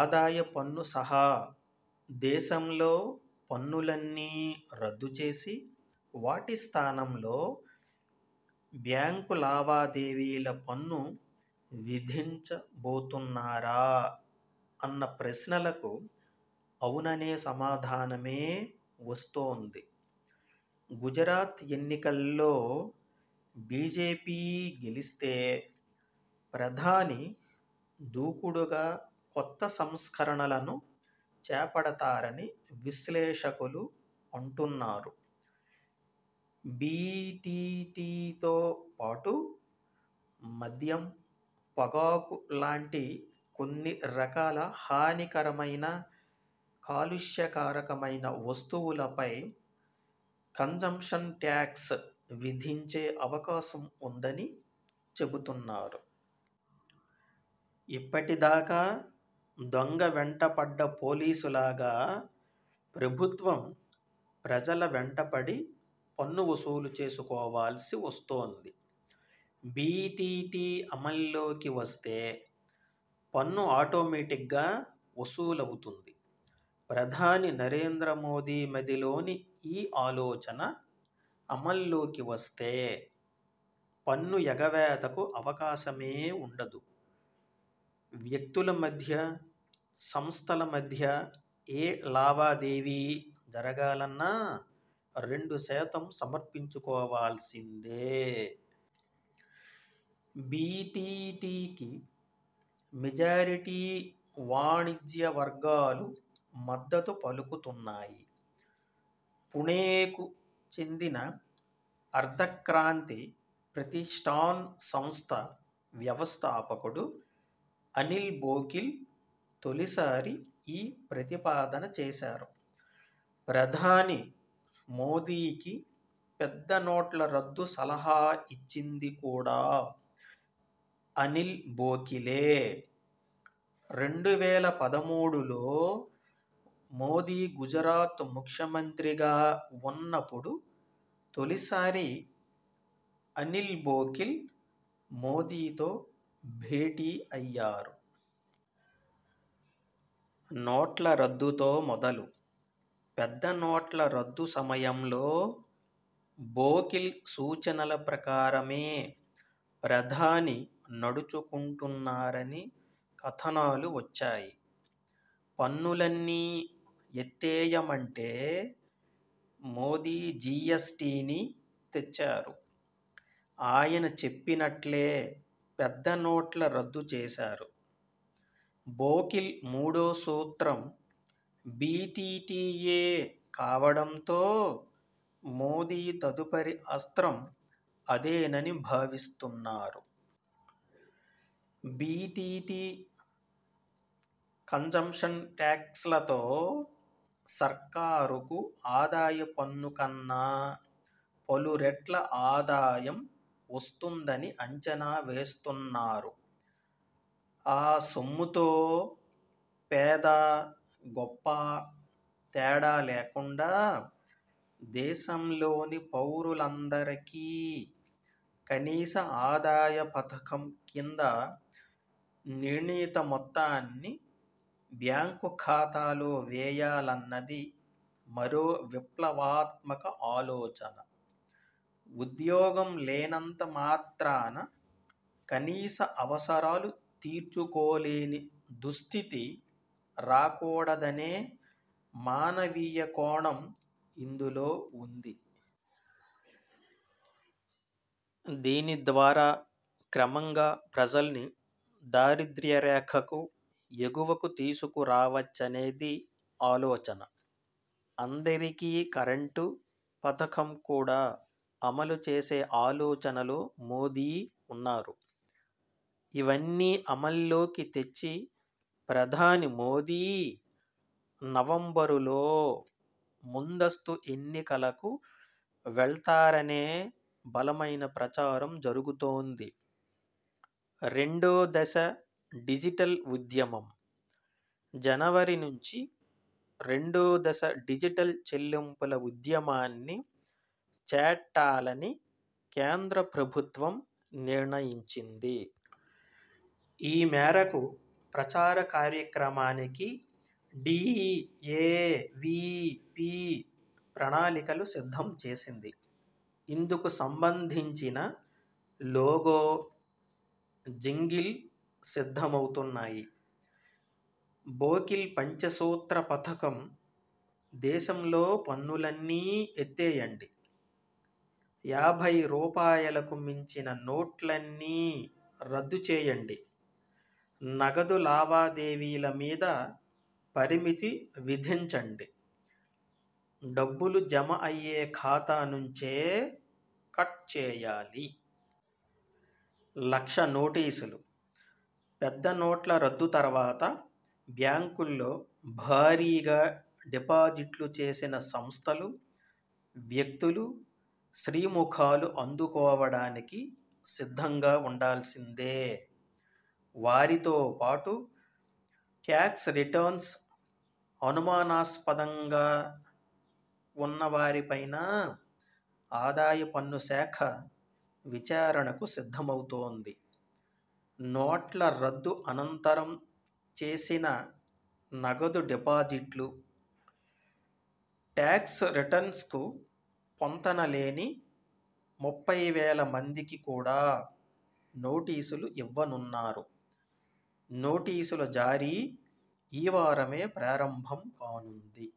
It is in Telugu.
ఆదాయ పన్ను సహా దేశంలో పన్నులన్నీ రద్దుచేసి వాటి స్థానంలో బ్యాంకు లావాదేవీల పన్ను విధించబోతున్నారా? అన్న ప్రశ్నలకు అవుననే సమాధానమే వస్తోంది. గుజరాత్ ఎన్నికల్లో బీజేపీ గెలిస్తే ప్రధాని దూకుడుగా కొత్త సంస్కరణలను చేపడతారని విశ్లేషకులు అంటున్నారు. బీటీటీతో పాటు మద్యం, పొగాకు లాంటి కొన్ని రకాల హానికరమైన, కాలుష్యకారకమైన వస్తువులపై కన్జంప్షన్ ట్యాక్స్ విధించే అవకాశం ఉందని చెబుతున్నారు. ఇప్పటిదాకా దొంగ వెంటపడ్డ పోలీసులాగా ప్రభుత్వం ప్రజల వెంటపడి పన్ను వసూలు చేసుకోవాల్సి వస్తోంది. బీటీటీ అమల్లోకి వస్తే పన్ను ఆటోమాటిక్గా వసూలవుతుంది. ప్రధాని నరేంద్ర మోదీ మదిలోని ఈ ఆలోచన అమల్లోకి వస్తే పన్ను ఎగవేతకు అవకాశమే ఉండదు. వ్యక్తుల మధ్య, సంస్థల మధ్య ఏ లావాదేవీ జరగాలన్నా రెండు శాతం సమర్పించుకోవాల్సిందే. బీటీటీకి మెజారిటీ వాణిజ్య వర్గాలు మద్దతు పలుకుతున్నాయి. పుణేకు చెందిన అర్ధక్రాంతి ప్రతిష్ఠాన్ సంస్థ వ్యవస్థాపకుడు అనిల్ బోకిల్ తొలిసారి ఈ ప్రతిపాదన చేశారు. ప్రధాని మోదీకి పెద్ద నోట్ల రద్దు సలహా ఇచ్చింది కూడా అనిల్ బోకిలే. రెండు వేల పదమూడులో మోదీ గుజరాత్ ముఖ్యమంత్రిగా ఉన్నపుడు తొలిసారి అనిల్ బోకిల్ మోదీతో భేటీ అయ్యారు. నోట్ల రద్దుతో మొదలుపెద్ద నోట్ల రద్దు సమయంలో బోకిల్ సూచనల ప్రకారమే ప్రధాని నడుచుకుంటున్నారని కథనాలు వచ్చాయి. పన్నులన్నీ ఎత్తేయమంటే మోదీ జీఎస్టీని తెచ్చారు. ఆయన చెప్పినట్లే పెద్ద నోట్ల రద్దు చేశారు. బోకిల్ మూడో సూత్రం బీటీటీయే కావడంతో మోదీ తదుపరి అస్త్రం అదేనని భావిస్తున్నారు. బీటీటీ, కన్జంప్షన్ ట్యాక్స్లతో సర్కారుకు ఆదాయ పన్ను కన్నా పలురెట్ల ఆదాయం వస్తుందని అంచనా వేస్తున్నారు. ఆ సొమ్ముతో పేదా, గొప్పా తేడా లేకుండా దేశంలోని పౌరులందరికీ కనీస ఆదాయ పథకం కింద నిర్ణీత మొత్తాన్ని బ్యాంకు ఖాతాలో వేయాలన్నది మరో విప్లవాత్మక ఆలోచన. ఉద్యోగం లేనంత మాత్రాన కనీస అవసరాలు తీర్చుకోలేని దుస్థితి రాకూడదనే మానవీయ కోణం ఇందులో ఉంది. దీనిద్వారా క్రమంగా ప్రజల్ని దారిద్య్రరేఖకు ఎగువకుతీసుకు రావచ్చనేది ఆలోచన. అందరికీ కరెంటు పథకం కూడా అమలు చేసే ఆలోచనలో మోదీ ఉన్నారు. ఇవన్నీ అమల్లోకి తెచ్చి ప్రధాని మోదీ నవంబరులోముందస్తు ఎన్నికలకు వెళ్తారనే బలమైన ప్రచారం జరుగుతోంది. రెండో దశ డిజిటల్ ఉద్యమంజనవరి నుంచి రెండో దశ డిజిటల్ చెల్లింపుల ఉద్యమాన్ని చేట్టాలని కేంద్ర ప్రభుత్వం నిర్ణయించింది. ఈ మేరకు ప్రచార కార్యక్రమానికి డీఏవీపీ ప్రణాళికలు సిద్ధం చేసింది. ఇందుకు సంబంధించిన లోగో, జింగిల్ సిద్ధమవుతున్నాయి. బోకిల్ పంచసూత్ర పథకం దేశంలో పన్నులన్నీ ఎత్తేయండి. యాభై రూపాయలకు మించిన నోట్లన్నీ రద్దు చేయండి నగదు లావాదేవీల మీద పరిమితి విధించండి. డబ్బులు జమ అయ్యే ఖాతా నుంచే కట్ చేయాలి. లక్ష నోటీసులుపెద్ద నోట్ల రద్దు తర్వాత బ్యాంకుల్లో భారీగా డిపాజిట్లు చేసిన సంస్థలు, వ్యక్తులు శ్రీముఖాలు అందుకోవడానికి సిద్ధంగా ఉండాల్సిందే. వారితోపాటు ట్యాక్స్ రిటర్న్స్ అనుమానాస్పదంగా ఉన్న వారిపైనా ఆదాయ పన్ను శాఖ విచారణకు సిద్ధమవుతోంది. నోట్ల రద్దు అనంతరం చేసిన నగదుడిపాజిట్లు, ట్యాక్స్ రిటర్న్స్కు పొంతనలేని ముప్పై వేల మందికి కూడా నోటీసులు ఇవ్వనున్నారు. నోటీసుల జారీ ఈ వారమే ప్రారంభం కానుంది.